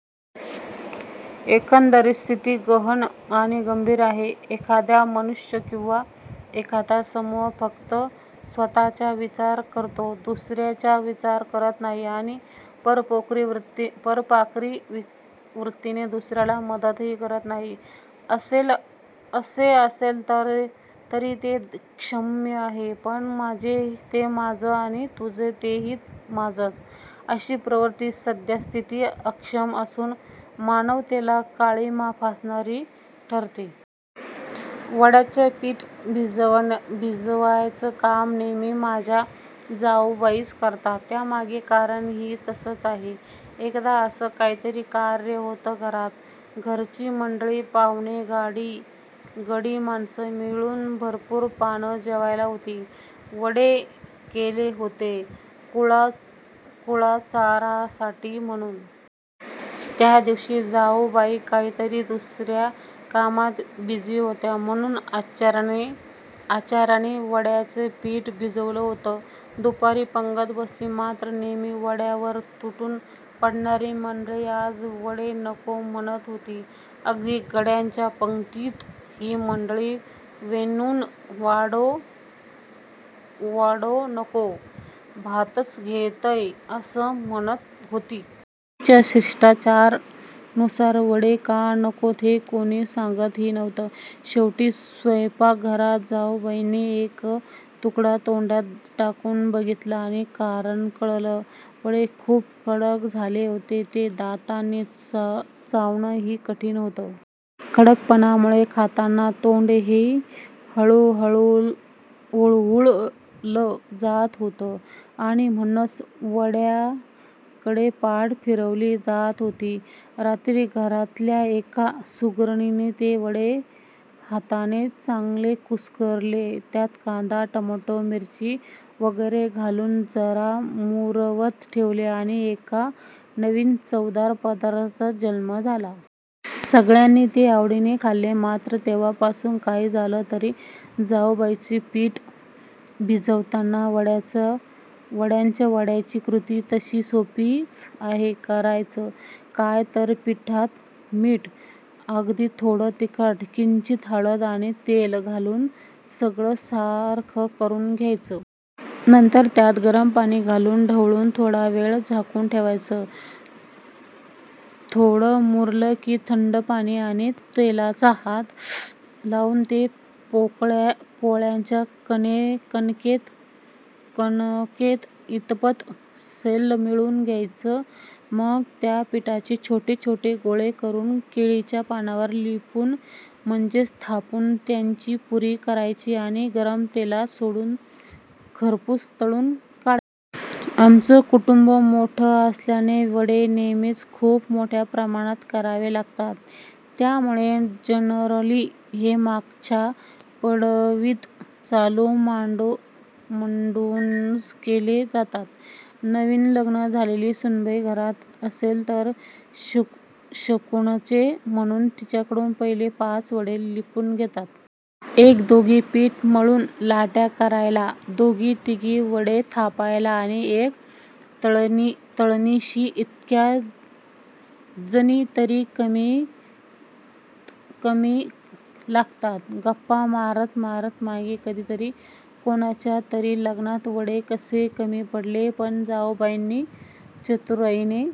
एकंदरीत स्थिती गहन आणि गंभीर आहे. एखादा मनुष्य किंवा एखादा समूह फक्त स्वतःचा विचार करतो, दुसऱ्याचा विचार करत नाही आणि परोपकारी वृत्तीने दुसऱ्याला मदतही करत नाही, असे असेल तरी ते क्षम्य आहे; पण "माझं ते माझं आणि तुझं तेही माझंच" अशी प्रवृत्ती सद्यस्थितीत अक्षम्य असून मानवतेला काळिमा फासणारी ठरते. वड्याचं पीठ भिजवायचं काम नेहमी माझ्या जाऊबाईच करतात. त्यामागे कारण ही तसंच आहे. एकदा असंच काहीतरी कार्य होतं घरात. घरची मंडळी, पाव्हणे, गडी माणसं मिळून भरपूर पानं जेवायला होती. वडे केले होतेच कुळाचारासाठी म्हणून. त्या दिवशी जाऊबाई काहीतरी दुसऱ्या कामात बिझी होत्या म्हणून आचाऱ्याने वड्याचं पीठ भिजवलं होतं. दुपारी पंगत बसली. मात्र नेहमी वड्यांवर तुटून पडणारी मंडळी आज वडे नको म्हणत होती. अगदी गड्यांच्या पंगतीत ही मंडळी " वैनीनू, वडो नको, भातचं घेतंय " असंच म्हणत होती. पंगतीच्या शिष्टाचारा नुसार वडे का नकोत हे कोणी सांगत ही नव्हतं. शेवटी सैपाकघरात जाऊबाईंनी एक तुकडा तोंडात टाकून बघितला आणि कारण कळलं. वडे खूपच कडक झाले होते. ते दातांनी चावण ही कठीण होत. कडकपणामुळे खाताना तोंड ही हुळहुळलं जात होतं आणि म्हणूनच वड्यांकडे पाठ फिरवली जात होती. रात्री घरातल्या एका सुगरणीने ते वडे हाताने चांगले कुस्करले. त्यात कांदा टोमॅटो मिरची वैगेरे घालून जरा मुरवत ठेवले आणि एका नवीन चवदार पदार्थाचा जन्म झाला. सगळ्यांनी ते आवडीने खाल्ले. मात्र तेव्हापासून काही झालं तरी जाऊबाईच पीठ भिजवतात वड्याचं. वड्याची कृती तशी सोपीच आहे. करायचं काय तर पिठात मीठ, अगदी थोडं तिखट, किंचित हळद आणि तेल घालून सगळं सारखं करून घ्यायचं. नंतर त्यात गरम पाणी घालून ढवळून थोडा वेळ झाकून ठेवायचं. थोडं मुरलं की थंड पाणी आणि तेलाचा हात लावून ते पोळ्यांच्या कणके इतपत सैल मळून घ्यायचं. मग त्या पिठाचे छोटे छोटे गोळे करून केळीच्या पानावर लिपुन म्हणजेच थापून त्याची पुरी करायची आणि गरम तेलात सोडून खरपूस तळून काढायचे. आमचं कुटुंब मोठं असल्याने वडे नेहमीच खूप मोठया प्रमाणात करावे लागतात. त्यामुळे जनरली हे मागच्या पडवीत चूल मांडूनच केले जातात. नवीन लग्न झालेली सुनबाई घरात असेल तर शकुनाचे म्हणून तिच्याकडून पहिले पाच वडे लिपुन घेतात. एक दोघी पीठ मळून लाट्या करायला, दोघी तिघी वडे थापायला आणि एक तळणीशी इतक्या जणी तरी कमीत कमी लागतातच. गप्पा मारत मारत मागे कधीतरी कोणाच्या तरी लग्नात वडे कसे कमी पडले पण जाऊबाईंनी चतुराईने